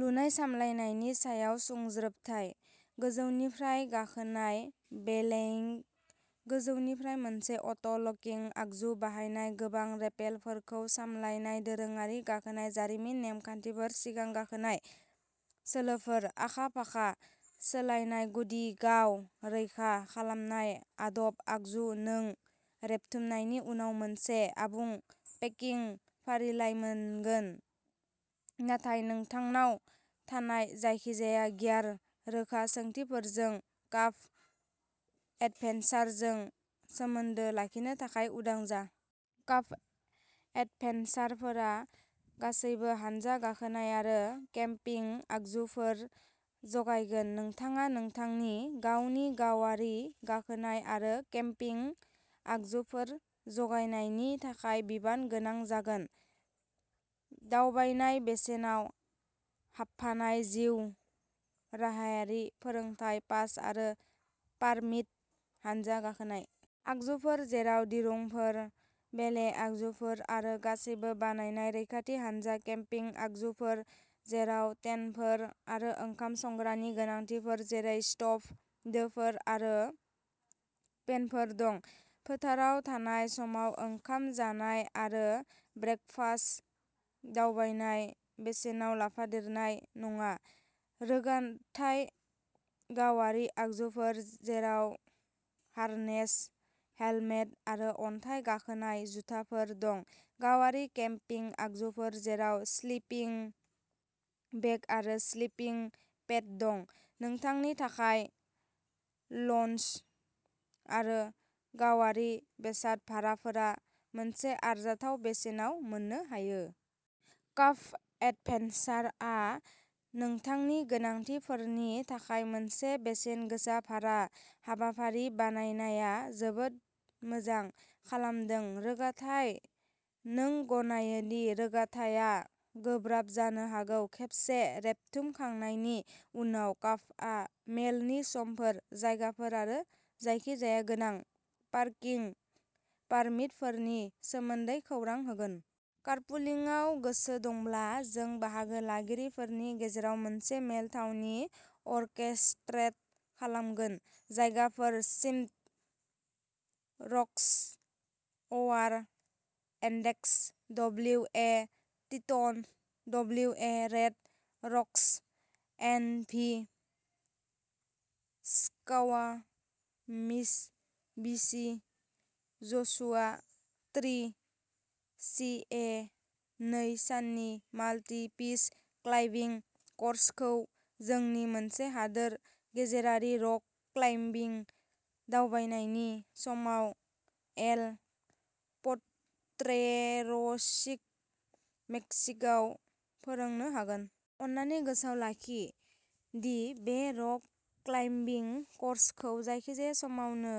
लुनाय सामलायनायनि सायाव सुंज्रोबथाय गोजौनिफ्राय गाखोनाय बेलेइं गोजौनिफ्राय मोनसे अट' लकिं आगजु बाहायनाय गोबां रेपेलफोरखौ सामलायनाय दोरोङारि गाखोनाय जारिमिन नेम खान्थिफोर सिगां गाखोनाय सोलोफोर आखा-फाखा सोलायनाय गुदि गाव-रैखा खालामनाय आदब आगजु नों रेबथुमनायनि उनाव मोनसे आबुं पेकिं फारिलाइ मोनगोन, नाथाय नोंथांनाव थानाय जायखिजाया गियार रोखा सोंथिफोरजों काफ एडभेन्चारजों सोमोन्दो लाखिनो थाखाय उदां जा। काफ एडभेन्चारफोरा गासैबो हानजा गाखोनाय आरो केम्पिं आगजुफोर जगायगोन। नोंथाङा नोंथांनि गावनि गावारि गाखोनाय आरो केम्पिं आगजुफोर जगायनायनि थाखाय बिबान गोनां जागोन। दावबायनाय बेसेनाव हाबफानाय जिउ राहायारि फोरोंथाय पास आरो पारमिट हानजा गाखोनाय आगजुफोर जेराव दिरुंफोर, बेले आगजुफोर, आरो गासैबो बानायनाय रैखाथि हानजा केम्पिं आगजुफोर जेराव टेन्टफोर आरो ओंखाम संग्रानि गोनांथिफोर जेरै स्ट'भ, दोफोर आरो पेनफोर दं, फोथाराव थानाय समाव ओंखाम जानाय आरो ब्रेकफास्ट दावबायनाय बेसेनाव लाफादेरनाय नङा रोगाथाय गावारि आगजुफोर जेराव हार्नेस, हेलमेट, आरो अन्थाइ गाखोनाय जुथाफोर दं, गावारि केम्पिं आगजुफोर जेराव स्लिपिं बेग आरो स्लिपिं पेड दं, नोंथांनि थाखाय लञ्च आरो गावारि बेसाद भाराफोरा मोनसे आरजाथाव बेसेनाव मोननो हायो। काफ एडभेन्चारआ नोंथांनि गोनांथिफोरनि थाखाय मोनसे बेसेनगोसा भारा हाबाफारि बानायनाया जोबोद मोजां खालामदों। रोगाथाइ नों गनायो दि रोगाथाइआ गोब्राब जानो हागौ। खेबसे रेबथुमखांनायनि उनाव, काफआ मेलनि समफोर, जायगाफोर आरो जायखिजाया गोनां पार्किं पारमिटफोरनि सोमोन्दै खौरां होगोन। कारपुलिंआव गोसो दंब्ला, जों बाहागो लागिरिफोरनि गेजेराव मोनसे मेल थावनि अरकेस्ट्रेट खालामगोन। जायगाफोर Smith Rocks, O R Index, W A Teton, W A Red Rocks, N V Squamish, B C Joshua Tree, C A नै साननि माल्टि पिच क्लाइम्बिं क'र्सखौ जोंनि मोनसे हादोर गेजेरारि रक क्लाइम्बिं दावबायनायनि समाव एल प'ट्रेर'चिक, मेक्सिक'आव फोरोंनो हागोन। अन्नानै गोसोआव लाखि दि बे रक क्लाइम्बिं क'र्सखौ जायखिजाया समावनो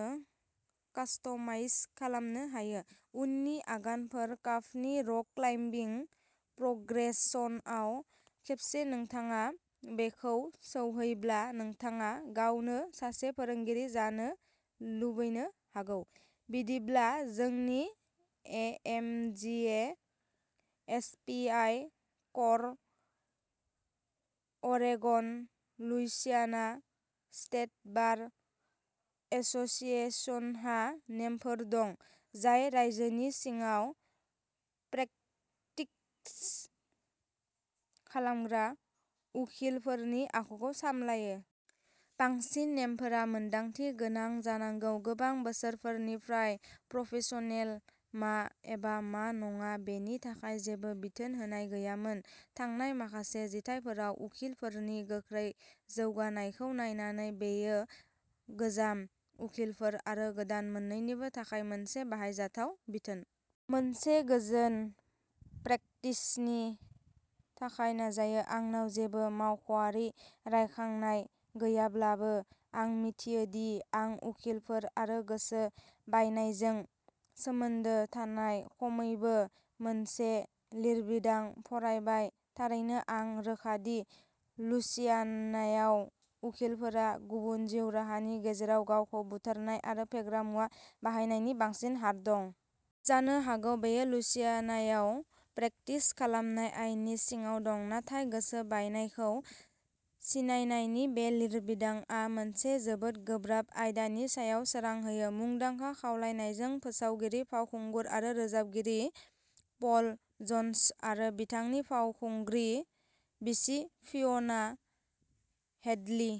कास्टमाइज खालामनो हायो। उननि आगानफोर काफनि रक क्लाइम्बिं प्रग्रेसनआव खेबसे नोंथाङा बेखौ सौहैब्ला, नोंथाङा गावनो सासे फोरोंगिरि जानो लुबैनो हागौ। बिदिब्ला, जोंनि एएमजिए एसपिआइ क'र अरेगन लुइसियाना स्टेट बार एस'सिएशनहा नेमफोर दं जाय रायजोनि सिङाव प्रेक्टिस खालामग्रा उखिलफोरनि आखुखौ सामलायो। बांसिन नेमफोरा मोनदांथि गोनां जानांगौ। गोबां बोसोरफोरनिफ्राय प्रफेसनेल मा एबा मा नङा बेनि थाखाय जेबो बिथोन होनाय गैयामोन। थांनाय माखासे जिथाइफोराव उखिलफोरनि गोख्रै जौगानायखौ नायनानै, बेयो गोजाम उखिलफोर आरो गोदान मोन्नैनिबो थाखाय मोनसे बाहायजाथाव बिथोन। मोनसे गोजोन प्रेक्टिसनि थाखाय नाजायो। आंनाव जेबो मावख'आरि रायखांनाय गैयाब्लाबो, आं मिथियो दि आं उखिलफोर आरो गोसो बायनायजों सोमोन्दो थानाय खमैबो मोनसे लिरबिदां फरायबाय। थारैनो, आं रोखा दि लुइसियानायाव उखिलफोरा गुबुन जिउ राहानि गेजेराव गावखौ बुथारनाय आरो फेग्रा मुवा बाहायनायनि बांसिन हार दं। जानो हागौ बेयो लुइसियानायाव प्रेक्टिस खालामनाय आयेननि सिङाव दं, नाथाय गोसो बायनायखौ सिनायनायनि बे लिरबिदांआ मोनसे जोबोद गोब्राब आयदानि सायाव सोरां होयो। मुंदांखा खावलायनायजों, फोसावगिरि, फावखुंगुर आरो रोजाबगिरि पल जन्स, आरो बिथांनि फावखुंग्रि बिसि फिय'ना हेडलि --